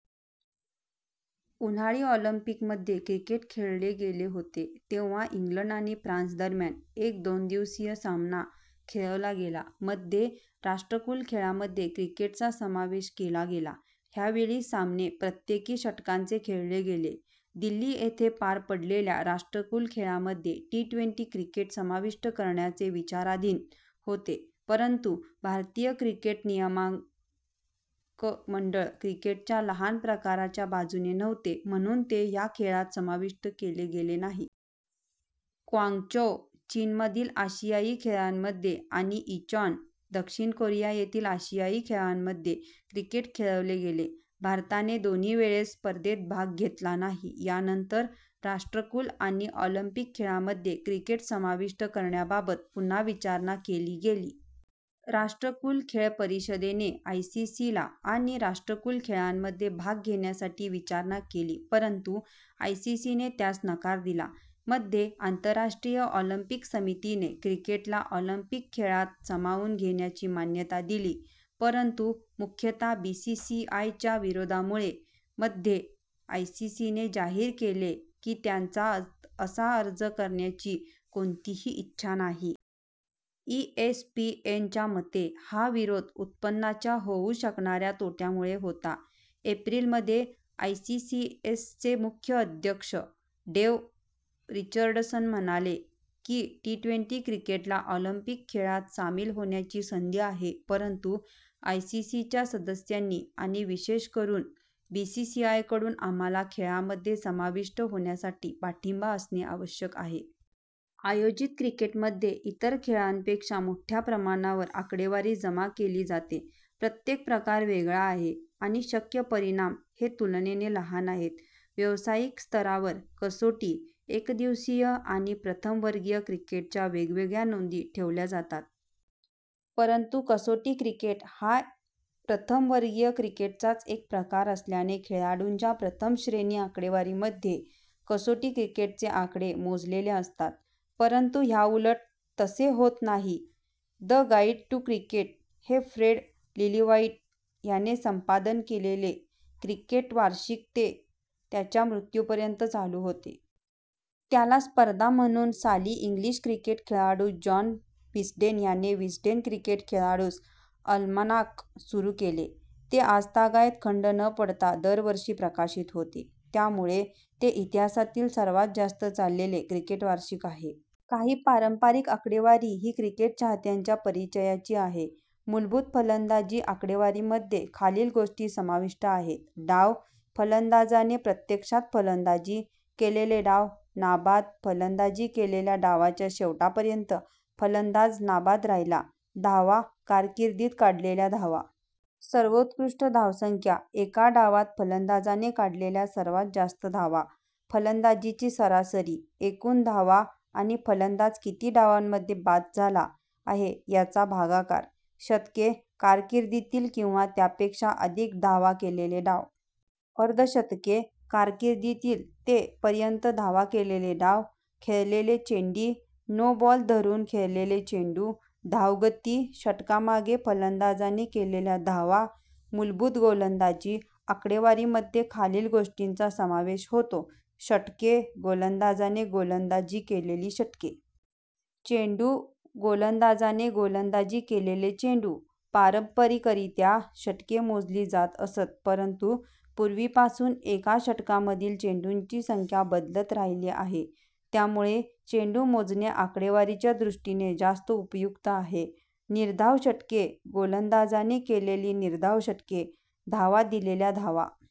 : उन्हाळी ऑलिंपिकमध्ये क्रिकेट खेळले गेले होते, तेव्हा इंग्लंड आणि फ्रान्स दरम्यान एक दोन-दिवसीय सामना खेळवला गेला. मध्ये, राष्ट्रकुल खेळांमध्ये क्रिकेटचा समावेश केला गेला, ह्यावेळी सामने प्रत्येकी -षटकांचे खेळले गेले. दिल्ली येथे पार पडलेल्या राष्ट्रकुल खेळांमध्ये ट्वेंटी क्रिकेट समाविष्ट करण्याचे विचाराधीन होते, परंतु भारतीय क्रिकेट नियामक मंडळ क्रिकेटच्या लहान प्रकाराच्या बाजूने नव्हते, म्हणून ते ह्या खेळांत समाविष्ट केले गेले नाही.। क्वांगचौ, चीन मधील आशियाई खेळांमध्ये आणि इंचॉन, दक्षिण कोरिया येथील आशियाई खेळांमध्ये क्रिकेट खेळवले गेले. भारताने दोन्ही वेळेस स्पर्धेत भाग घेतला नाही. यानंतर राष्ट्रकुल आणि ऑलिंपिक खेळांमध्ये क्रिकेट समाविष्ट करण्याबाबद पुन्हा विचारणा केली गेली. राष्ट्रकुल खेळ परिषदेने आयसीसीला आणि राष्ट्रकुल खेळांमध्ये भाग घेण्यासाठी विचारणा केली परंतु आयसीसीने त्यास नकार दिला. मध्ये, आंतरराष्ट्रीय ऑलिंपिक समितीने क्रिकेटला ऑलिंपिक खेळात सामावून घेण्याची मान्यता दिली, परंतु मुख्यतः बीसीसीआयच्या विरोधामुळे, मध्ये आयसीसीने जाहीर केले की त्यांचा असा अर्ज करण्याची कोणतीही इच्छा नाही. ईएसपीएन च्या मते हा विरोध उत्पन्नाच्या होऊ शकणाऱ्या तोट्यामुळे होता. एप्रिल मध्ये आयसीसचे मुख्य अध्यक्ष डेव्ह रिचर्डसन म्हणाले की, ट्वेंटी क्रिकेटला ऑलिंपिक खेळात सामील होण्याची संधी आहे, परंतु आयसीसीच्या सदस्यांनी आणि विशेषकरून बीसीसीआयकडून आम्हाला खेळांमध्ये समाविष्ट होण्यासाठी पाठिंबा असणे आवश्यक आहे. आयोजित क्रिकेटमध्ये इतर खळांपेक्षा मोठ्या प्रमाणावर आकडेवारी जमा केली जाते. प्रत्येक प्रकार वेगळा आहे आणि शक्य परिणाम हे तुलनेने लहान आहेत. व्यावसायिक स्तरावर, कसोटी, एकदिवसीय आणि प्रथम वर्गीय क्रिकेटच्या वेगवेगळ्या नोंदी ठेवल्या जातात. परंतु कसोटी क्रिकेट हा प्रथम वर्गीय क्रिकेटचाच एक प्रकार असल्याने खेळाडूंच्या प्रथम-श्रेणी आकडेवारीमध्ये कसोटी क्रिकेटचे आकडे मोजलेले असतात परंतु ह्याउलट तसे होत नाही. द गाईड टू क्रिकेट हे फ्रेड लिलीव्हाईट ह्याने संपादन केलेले क्रिकेट वार्षिक ते त्याच्या मृत्यु पर्यंत चालू होते. त्याला स्पर्धा म्हणून साली इंग्लिश क्रिकेट खेळाडू जॉन विस्डेन ह्याने विस्डेन क्रिकेट खेळाडू्स अल्मनाक सुरू केले. ते आजतागायत खंड न पडता दर वर्षी प्रकाशित होते. त्यामुळे ते इतिहासातील सर्वात जास्त चाललेले क्रिकेट वार्षिक आहे. काही पारंपारिक आकडेवारी ही क्रिकेट चाहत्यांच्या परिचयाची आहे. मूलभूत फलंदाजी आकडेवारीमध्ये खालील गोष्टी समाविष्ट आहेत: डाव: फलंदाजाने प्रत्यक्षात फलंदाजी केलेले डाव. नाबाद: फलंदाजी केलेल्या डावांच्या शेवटापर्यंत फलंदाज नाबाद राहिला. धावा: कारकिर्दीत काढलेल्या धावा. सर्वोत्कृष्ट धावसंख्या: एका डावात फलंदाजाने काढलेल्या सर्वात जास्त धावा. फलंदाजीची सरासरी: एकूण धावा आणि फलंदाज किती डावांमध्ये बाद झाला आहे, ह्याचा भागाकार. शतके: कारकिर्दीतील किंवा त्यापेक्षा अधिक धावा केलेले डाव. अर्धशतके: कारकिर्दीतील ते पर्यंत धावा केलेले डाव.. खेळलेले चेंडी :नो बॉल धरून खेळलेले चेंडू. धावगती: षटकामागे फलंदाजाने केलेल्या धावा. मूलभूत गोलंदाजी आकडेवारीमध्ये खालील गोष्टींचा समावेश होतो: षटके: गोलंदाजाने गोलंदाजी केलेली षटके. चेंडू: गोलंदाजाने गोलंदाजी केलेले चेंडू. पारंपरिकरित्या षटके मोजली जात असत, परंतु पूर्वीपासून एका षटकांमधील चेंडूंची संख्या बदलत राहिली आहे, त्यामुळे चेंडू मोजणे आकडेवारीच्या दृष्टीने जास्त उपयुक्त आहे. निर्धाव षटके: गोलंदाजाने केलेली निर्धाव षटके. धावा: दिलेल्या धावा.